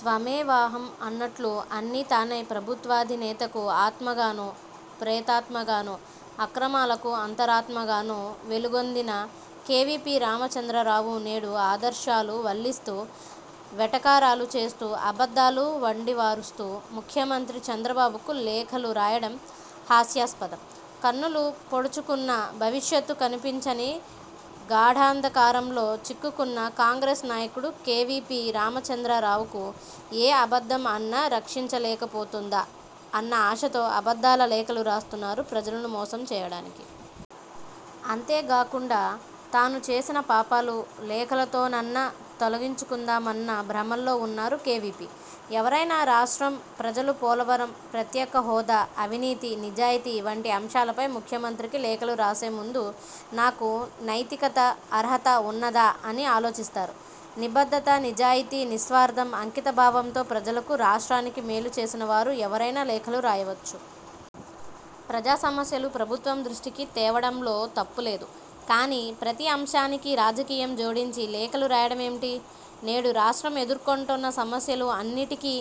త్వమేవాహం అన్నట్లు అన్నీ తానై ప్రభుత్వాధినేతకు ఆత్మగానో, ప్రేతాత్మగానో, అక్రమాలకు అంతరాత్మగానో వెలుగొందిన కేవీపీ రామచంద్రరావు నేడు ఆదర్శాలు వల్లిస్తూ, వెటకారాలు చేస్తూ, అబద్ధాలు వండివారుస్తూ ముఖ్యమంత్రి చంద్రబాబుకు లేఖలు రాయడం హాస్యాస్పదం. కన్నులు పొడుచుకున్నా భవిష్యత్తు కనిపించని గాఢాంధకారంలో చిక్కుకున్న కాంగ్రెస్ నాయకుడు కేవీపీ రామచంద్రరావుకు ఏ అబద్ధం అన్నా రక్షించలేకపోతుందా అన్న ఆశతో అబద్ధాల లేఖలు రాస్తున్నారు ప్రజలను మోసం చేయడానికి. అంతేగాకుండా తానుచేసిన పాపాలు లేఖలతోనన్నా తొలగించుకుందామన్న భ్రమల్లో ఉన్నారు కేవీపీ. ఎవరైనా రాష్ట్రం, ప్రజలు పోలవరం, ప్రత్యేకహోదా, అవినీతి, నిజాయితీ, వంటి అంశాలపై ముఖ్యమంత్రికి లేఖలు రాసేముందు నాకు నైతికత, అర్హత ఉన్నదా అని ఆలోచిస్తారు. నిబద్ధత, నిజాయితీ, నిస్వార్ధం, అంకితభావంతో ప్రజలకు, రాష్ట్రానికి మేలుచేసిన వారు ఎవరైనా లేఖలు రాయవచ్చు. ప్రజాసమస్యలు ప్రభుత్వం దృష్టికి తేవడంలో తప్పులేదు. కానీ ప్రతి అంశానికి రాజకీయం జోడించి లేఖలు రాయడమేమిటి? నేడు రాష్ట్రం ఎదుర్కొంటున్న సమస్యలు అన్నిటికీ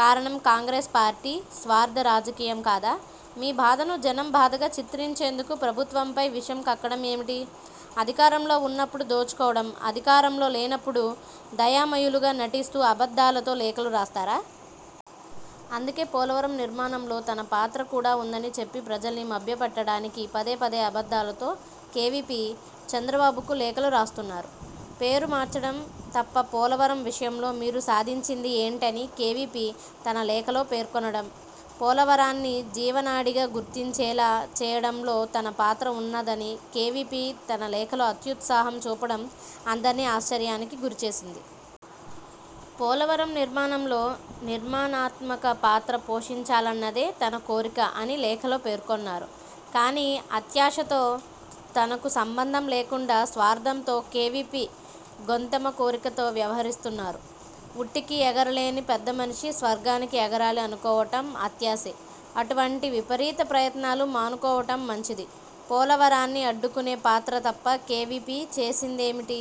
కారణం కాంగ్రెస్ పార్టీ స్వార్ధ రాజకీయం కాదా? మీ బాధను జనం బాధగా చిత్రించేందుకు ప్రభుత్వంపై విషం కక్కడం ఏమిటి? అధికారంలో ఉన్నప్పుడు దోచుకోవడం, అధికారంలో లేనప్పుడు దయామయులుగా నటిస్తూ అబద్ధాలతో లేఖలు రాస్తారా? అందుకే పోలవరం నిర్మాణంలో తన పాత్ర కూడా ఉందని చెప్పి ప్రజల్ని మభ్యపెట్టడానికి పదే పదే అబద్ధాలతో కేవీపీ చంద్రబాబుకు లేఖలు రాస్తున్నారు. పేరు మార్చడం తప్ప పోలవరం విషయంలో మీరు సాధించింది ఏంటని కేవీపీ తన లేఖలో పేర్కొనడం, పోలవరాన్ని జీవనాడిగా గుర్తించేలా చేయడంలో తన పాత్ర ఉన్నదని కేవీపీ తన లేఖలో అత్యుత్సాహం చూపడం అందరినీ ఆశ్చర్యానికి గురిచేసింది. పోలవరం నిర్మాణంలో నిర్మాణాత్మక పాత్ర పోషించాలన్నదే తన కోరిక అని లేఖలో పేర్కొన్నారు. కానీ అత్యాశతో తనకు సంబంధం లేకుండా స్వార్ధంతో కేవీపీ గొంతెమ్మ కోరికతో వ్యవహరిస్తున్నారు. ఉట్టికి ఎగరలేని పెద్దమనిషి స్వర్గానికి ఎగరాలి అనుకోవటం అత్యాశే. అటువంటి విపరీత ప్రయత్నాలు మానుకోవటం మంచిది. పోలవరాన్ని అడ్డుకునే పాత్ర తప్పా కేవీపీ చేసింది ఏమిటి?